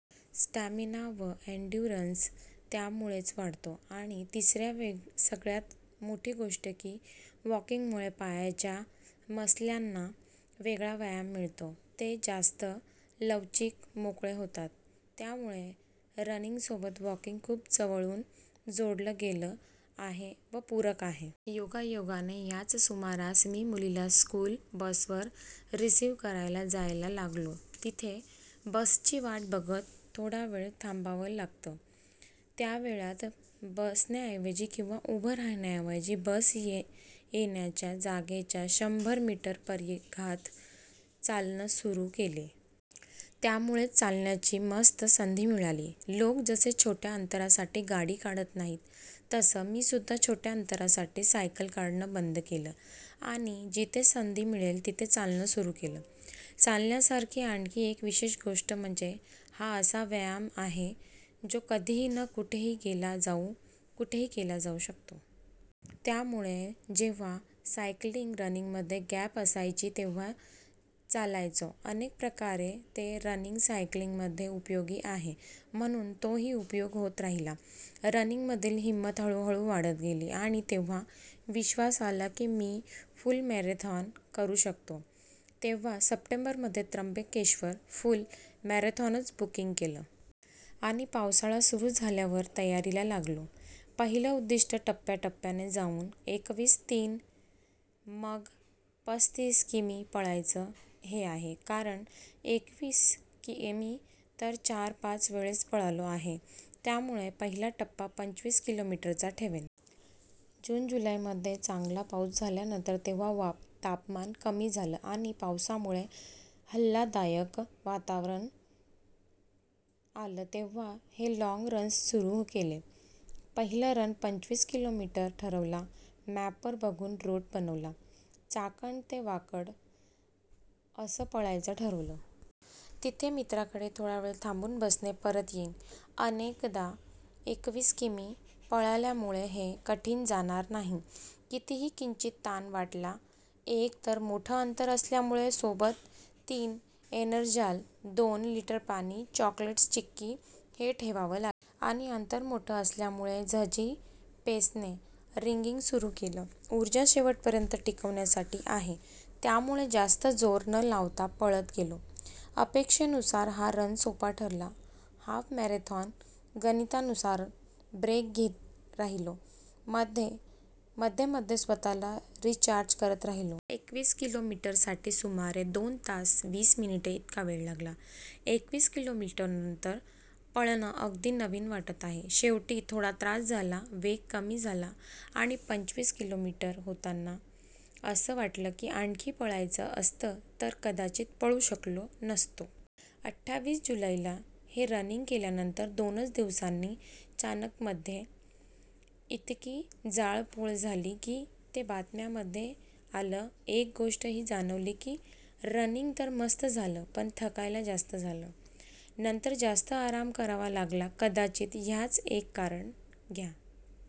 Stamina व endurance त्यामुळेच वाढतो. आणि तिसरी सगळ्यांत मोठी गोष्ट ही की, वॉकिंगमुळे पायाच्या मसल्सना वेगळा व्यायाम मिळतो, ते जास्त लवचिक, मोकळे होतात. त्यामुळे रनिंगसोबत वॉकिंग खूप जवळून जोडलं गेलं आहे व पूरक आहे. योगायोगाने ह्याच सुमारास मी मुलीला स्कूल बसवर रिसीव्ह करायला जायला लागलो. तिथे बसची वाट बघत थोडा वेळ थांबावं लागतं. त्या वेळात बसण्याऐवजी किंवा उभं राहण्याऐवजी बस येण्याच्या जागेच्या शंभर मीटर परिघात चालणं सुरू केलं. त्यामुळे चालण्याची मस्त संधी मिळाली. लोक जसे छोट्या अंतरासाठी गाडी काढत नाहीत, तसं मीसुद्धा छोट्या अंतरासाठी सायकल काढणं बंद केलं आणि जिथे संधी मिळेल, तिथे चालणं सुरू केलं. चालण्याची आणखी एक विशेष गोष्ट म्हणजे हा असा व्यायाम आहे, जो कधीही व कुठेही केला जाऊ शकतो. त्यामुळे जेव्हा सायकलिंग-रनिंगमध्ये गॅप असायची, तेव्हा चालायचो. अनेक प्रकारे ते रनिंग-सायकलिंगमध्ये उपयोगी आहे, म्हणून तोही उपयोग होत राहिला. रनिंगमधली हिंमत हळूहळू वाढत गेली. आणि जेव्हा विश्वास आला की, मी फुल मॅरेथॉन करू शकतो, तेव्हा सप्टेंबरमध्ये त्र्यंबकेश्वर फुल मॅरेथॉनचं बुकिंग केलं. आणि पावसाळा सुरू झाल्यावर तयारीला लागलो. पहिलं उद्दिष्ट टप्प्याटप्प्याने जाऊन एकवीस, तीस व मग पस्तीस किमी पळायचं, हे आहे. कारण एकवीस किमी तर चार-पाच वेळेस पळालो आहे. त्यामुळे पहिला टप्पा पंचवीस किलोमीटरचा ठेवेन. जून-जुलैमध्ये चांगला पाऊस झाल्यानंतर जेव्हा तापमान कमी झालं आणि पावसामुळे आल्हाददायक वातावरण आलं तेव्हा हे लाँग रन्स सुरू केले. पहिला रन पंचवीस किलोमीटर ठरवला. मॅपवर बघून रूट बनवला. चाकण ते वाकड असं पळायचं ठरवलं. तिथे मित्राकडे थोडा वेळ थांबून बसने परत येईन. अनेकदा एकवीस किमी पळाल्यामुळे हे कठीण जाणार नाही. तरीही किंचित ताण वाटला. एक तर मोठं अंतर असल्यामुळे सोबत तीन एनर्जाल, दोन लीटर पाणी, चॉकलेट्स, चिक्की हे ठेवावं लागलं. आणि अंतर मोठं असल्यामुळे इझी पेसने रनिंग सुरू केलं. ऊर्जा शेवटपर्यंत टिकवायची आहे, त्यामुळे जास्त जोर न लावता पळत गेलो. अपेक्षेनुसार हा रन सोपा ठरला. हाफ मॅरेथॉनच्या गणितानुसारच ब्रेक घेत राहिलो, मध्ये मध्ये स्वतःला रिचार्ज करत राहिलो. एकवीस किलोमीटरसाठी सुमारे दोन तास वीस मिनिटे इतका वेळ लागला. एकवीस किलोमीटरनंतर पळणं अगदी नवीन वाटत आहे. शेवटी थोडा त्रास झाला, वेग कमी झाला आणि पंचवीस किलोमीटर होताना असं वाटलं की, आणखी पळायचं असतं तर कदाचित पळू शकलो नसतो. अठ्ठावीस जुलैला हे रनिंग केल्यानंतर दोनच दिवसांनी चाकणमध्ये इतकी जाळपोळ झाली की ते बातम्यांमध्ये आलं. एक गोष्ट ही जाणवली की, रनिंग तर मस्त झालं पण थकायला जास्त झालं. नंतर जास्त आराम करावा लागला. कदाचित ह्याचं एक कारण ह्या